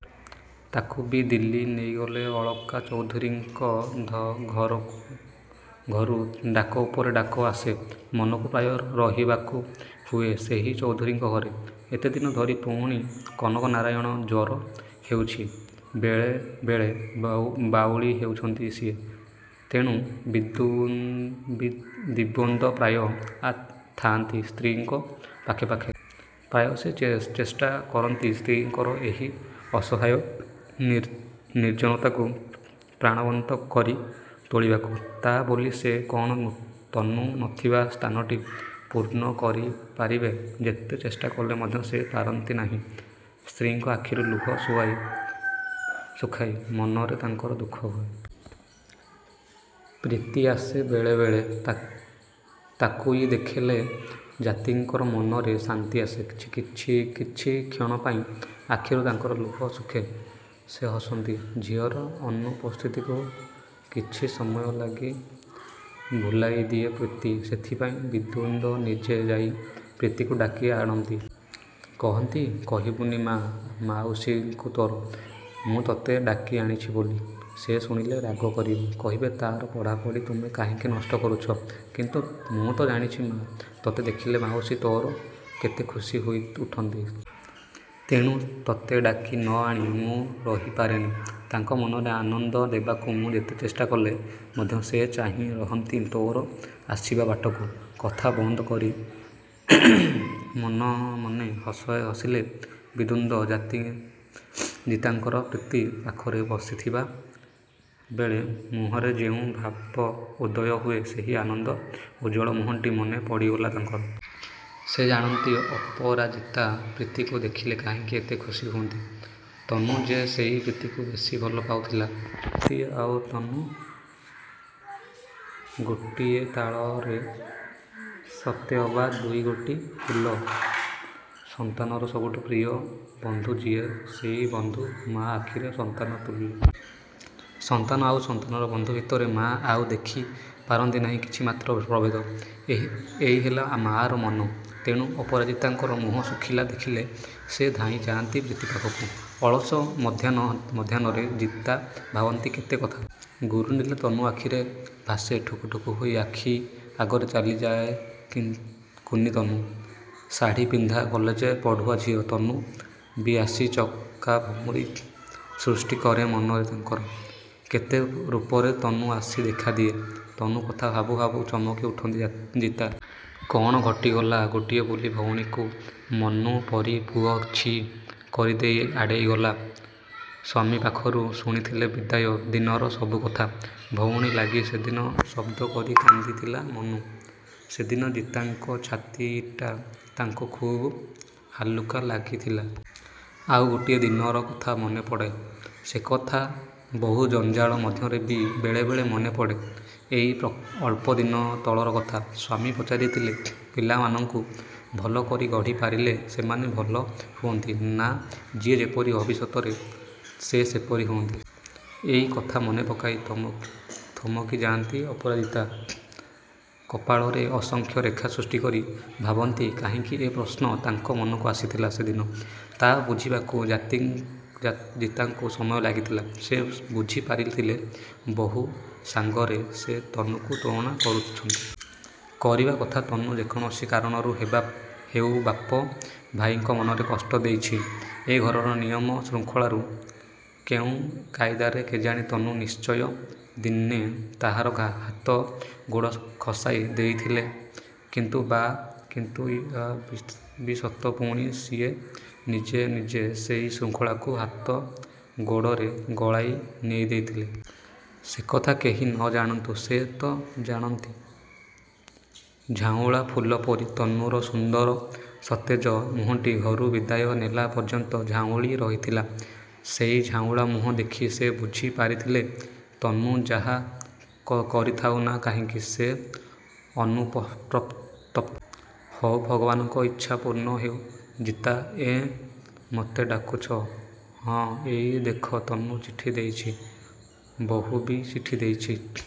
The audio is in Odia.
ତାକୁ ବି ଦିଲ୍ଲୀ ନେଇଗଲା ଅଳକା। ଚୌଧୁରୀଙ୍କ ଘରୁ ଡାକ ଉପରେ ଡାକ ଆସେ। ମନୁକୁ ପ୍ରାୟ ରହିବାକୁ ହୁଏ ସେହି ଚୌଧୁରୀଙ୍କ ଘରେ। ଏତେଦିନ ଧରି ପୁଣି କନକନାରାୟଣଙ୍କୁ ଜ୍ୱର ହେଉଛି। ବେଳେ ବେଳେ ବାଉଳି ହେଉଛନ୍ତି ସିଏ। ତେଣୁ, ଦିବ୍ୟେନ୍ଦୁ ପ୍ରାୟ ଥାଆନ୍ତି ସ୍ତ୍ରୀଙ୍କ ପାଖେ ପାଖେ। ପ୍ରାୟ ସେ ଚେଷ୍ଟା କରନ୍ତି ସ୍ତ୍ରୀଙ୍କର ଏହି ଅସହାୟ ନିର୍ଜନତାକୁ ପ୍ରାଣବନ୍ତ କରି ତୋଳିବାକୁ। ତା' ବୋଲି ସେ କ'ଣ ତନୁ ନଥିବା ସ୍ଥାନଟି ପୂର୍ଣ୍ଣ କରି ପାରିବେ। ଯେତେ ଚେଷ୍ଟା କଲେ ମଧ୍ୟ ସେ ପାରନ୍ତି ନାହିଁ ସ୍ତ୍ରୀଙ୍କ ଆଖିରୁ ଲୁହ ଶୁଖାଇ। ମନରେ ତାଙ୍କର ଦୁଃଖ ହୁଏ। ପ୍ରୀତି ଆସେ ବେଳେ ବେଳେ। ତାକୁଇ ଦେଖିଲେ ଜିତାଙ୍କର ମନରେ ଶାନ୍ତି ଆସେ। କିଛି କ୍ଷଣ ପାଇଁ ଆଖିରୁ ତାଙ୍କର ଲୁହ ଶୁଖେ। ସେ ହସନ୍ତି। ଝିଅର ଅନୁପସ୍ଥିତିକୁ କିଛି ସମୟ ଲାଗି ଭୁଲାଇ ଦିଏ ପ୍ରୀତି। ସେଥିପାଇଁ ଦିବ୍ୟେନ୍ଦୁ ନିଜେ ଯାଇ ପ୍ରୀତିକୁ ଡାକି ଆଣନ୍ତି। କହନ୍ତି କହିବୁନି ମାଆ ମାଉସୀଙ୍କୁ ତୋର, ମୁଁ ତତେ ଡାକି ଆଣିଛି ବୋଲି। ସେ ଶୁଣିଲେ ରାଗ କରିବେ। କହିବେ ତା'ର ପଢ଼ା ପଢ଼ି ତୁମେ କାହିଁକି ନଷ୍ଟ କରୁଛ। କିନ୍ତୁ ମୁଁ ତ ଜାଣିଛି ମାଆ, ତତେ ଦେଖିଲେ ମାଉସୀ ତୋର କେତେ ଖୁସି ହୋଇ ଉଠନ୍ତି। ତେଣୁ ତତେ ଡାକି ନ ଆଣି ମୁଁ ରହି ପାରେନି। ତାଙ୍କ ମନରେ ଆନନ୍ଦ ଦେବାକୁ ମୁଁ ଯେତେ ଚେଷ୍ଟା କଲେ ମଧ୍ୟ ସେ ଚାହିଁ ରହନ୍ତି ତୋର ଆସିବା ବାଟକୁ। କଥା ବନ୍ଦ କରି ମନେ ମନେ ହସିଲେ ଦିବ୍ୟେନ୍ଦୁ। ଜିତାଙ୍କର ପ୍ରୀତି ପାଖରେ ବସିଥିବା ବେଳେ ମୁହଁରେ ଯେଉଁ ଭାବ ଉଦୟ ହୁଏ ସେହି ଆନନ୍ଦ ଉଜ୍ଜ୍ୱଳ ମୁହଁଟି ମନେ ପଡ଼ିଗଲା ତାଙ୍କର। ସେ ଜାଣନ୍ତି ଅପରାଜିତା ପ୍ରୀତିକୁ ଦେଖିଲେ କାହିଁକି ଏତେ ଖୁସି ହୁଅନ୍ତି। ତନୁ ଯେ ସେଇ ପ୍ରୀତିକୁ ବେଶୀ ଭଲ ପାଉଥିଲା। ପ୍ରୀତି ଆଉ ତନୁ, ଗୋଟିଏ ଡାଳର ସତେଅବା ଦୁଇଗୋଟି ଫୁଲ। ସନ୍ତାନର ସବୁଠୁ ପ୍ରିୟ ବନ୍ଧୁ ଯିଏ ସେଇ ବନ୍ଧୁ ମାଆ ଆଖିରେ ସନ୍ତାନ ତୁଲ୍ୟ। ସନ୍ତାନ ଆଉ ସନ୍ତାନର ବନ୍ଧୁ ଭିତରେ ମାଆ ଆଉ ଦେଖି ପାରନ୍ତି ନାହିଁ କିଛି ମାତ୍ର ପ୍ରଭେଦ। ଏଇ ହେଲା ମାଆର ମନ। ତେଣୁ ଅପରାଜିତାଙ୍କର ମୁହଁ ଶୁଖିଲା ଦେଖିଲେ ସେ ଧାଇଁ ଯାଆନ୍ତି ପ୍ରୀତି ପାଖକୁ। ଅଳସ ମଧ୍ୟାହ୍ନରେ ଜିତା ଭାବନ୍ତି କେତେ କଥା। ଗୁରୁଣ୍ଡିଲା ତନୁ ଆଖିରେ ଭାସେ। ଠୁକୁ ଠୁକୁ ହୋଇ ଆଖି ଆଗରେ ଚାଲିଯାଏ କୁନି ତନୁ। ଶାଢ଼ି ପିନ୍ଧା କଲେଜ ପଢ଼ୁଆ ଝିଅ ତନୁ ବି ଆସି ଚକାଭଉଁରୀ ସୃଷ୍ଟି କରେ ମନରେ ତାଙ୍କର। କେତେ ରୂପରେ ତନୁ ଆସି ଦେଖାଦିଏ। ତନୁ କଥା ଭାବୁ ଭାବୁ ଚମକି ଉଠନ୍ତି ଜିତା। କ'ଣ ଘଟିଥିଲା! ଗୋଟିଏ ବୋଲି ଭଉଣୀକୁ ମନୁ ପରି ପୁଅ ଛି କରିଦେଇ ଆଡ଼େଇ ଗଲା। ସ୍ୱାମୀଙ୍କ ପାଖରୁ ଶୁଣିଥିଲେ ବିଦାୟ ଦିନର ସବୁ କଥା। ଭଉଣୀ ଲାଗି ସେଦିନ ଶବ୍ଦ କରି କାନ୍ଦିଥିଲା ମନୁ। ସେଦିନ ଜିତାଙ୍କ ଛାତିଟା ତାଙ୍କୁ ଖୁବ୍ ହାଲୁକା ଲାଗିଥିଲା। ଆଉ ଗୋଟିଏ ଦିନର କଥା ମନେ ପଡ଼େ। ସେକଥାଟି ବହୁ ଜଞ୍ଜାଳ ମଧ୍ୟରେ ବି ବେଳେ ବେଳେ ମନେ ପଡ଼େ। ଏଇ ଅଳ୍ପ ଦିନ ତଳର କଥା। ସ୍ୱାମୀ ପଚାରିଥିଲେ ପିଲାମାନଙ୍କୁ ଭଲ କରି ଗଢ଼ି ପାରିଲେ ସେମାନେ ଭଲ ହୁଅନ୍ତି ନା ଯିଏ ଯେପରି ଭବିଷ୍ୟତରେ ସେ ସେପରି ହୁଅନ୍ତି? ଏଇ କଥା ମନେ ପକାଇ ଥମକି ଯାଆନ୍ତି ଅପରାଜିତା। କପାଳରେ ଅସଂଖ୍ୟ ରେଖା ସୃଷ୍ଟି କରି। ଭାବନ୍ତି କାହିଁକି ଏ ପ୍ରଶ୍ନ ତାଙ୍କ ମନକୁ ଆସିଥିଲା ସେଦିନ। ତା' ବୁଝିବାକୁ ଜିତାଙ୍କୁ ସମୟ ଲାଗିଥିଲା। ସେ ବୁଝି ପାରିଥିଲେ ବୋହୂ ସାଙ୍ଗରେ ସେ ତନୁକୁ ତୁଳନା କରୁଛନ୍ତି। କରିବା କଥା। ତନୁ ଯେକୌଣସି କାରଣରୁ ହେଉ ବାପ ଭାଇଙ୍କ ମନରେ କଷ୍ଟ ଦେଇଛି। ଏ ଘରର ନିୟମ ଶୃଙ୍ଖଳାରୁ କେଉଁ କାଇଦାରେ କେଜାଣି ତନୁ ନିଶ୍ଚୟ ଦିନେ ତାହାର ହାତ ଗୋଡ଼ ଖସାଇ ଦେଇଥିଲା। କିନ୍ତୁ ୟା ବି ସତ ପୁଣି ସିଏ ନିଜେ ନିଜେ ସେଇ ଶୃଙ୍ଖଳକୁ ହାତ ଗୋଡ଼ରେ ଗଳାଇ ନେଇଥିଲା। ସେକଥା କେହି ନ ଜାଣନ୍ତୁ ସେ ତ ଜାଣନ୍ତି। ଝାଉଁଳା ଫୁଲ ପରି ତନୁର ସୁନ୍ଦର ସତେଜ ମୁହଁଟି ଘରୁ ବିଦାୟ ନେଲା ପର୍ଯ୍ୟନ୍ତ ଝାଉଁଳି ରହିଥିଲା। ସେଇ ଝାଉଁଳା ମୁହଁ ଦେଖି ସେ ବୁଝି ପାରିଥିଲେ ତନୁ ଯାହା କରିଥାଉ ନା କାହିଁକି, ସେ ଅନୁତପ୍ତା। ହଉ ଭଗବାନଙ୍କ ଇଚ୍ଛା ପୂର୍ଣ୍ଣ ହେଉ। ଜିତା, ଏଁ, ମତେ ଡାକୁଛ? ହଁ, ଏଇ ଦେଖ ତନୁ ଚିଠି ଦେଇଛି, ବୋହୂ ବି ଚିଠି ଦେଇଛି!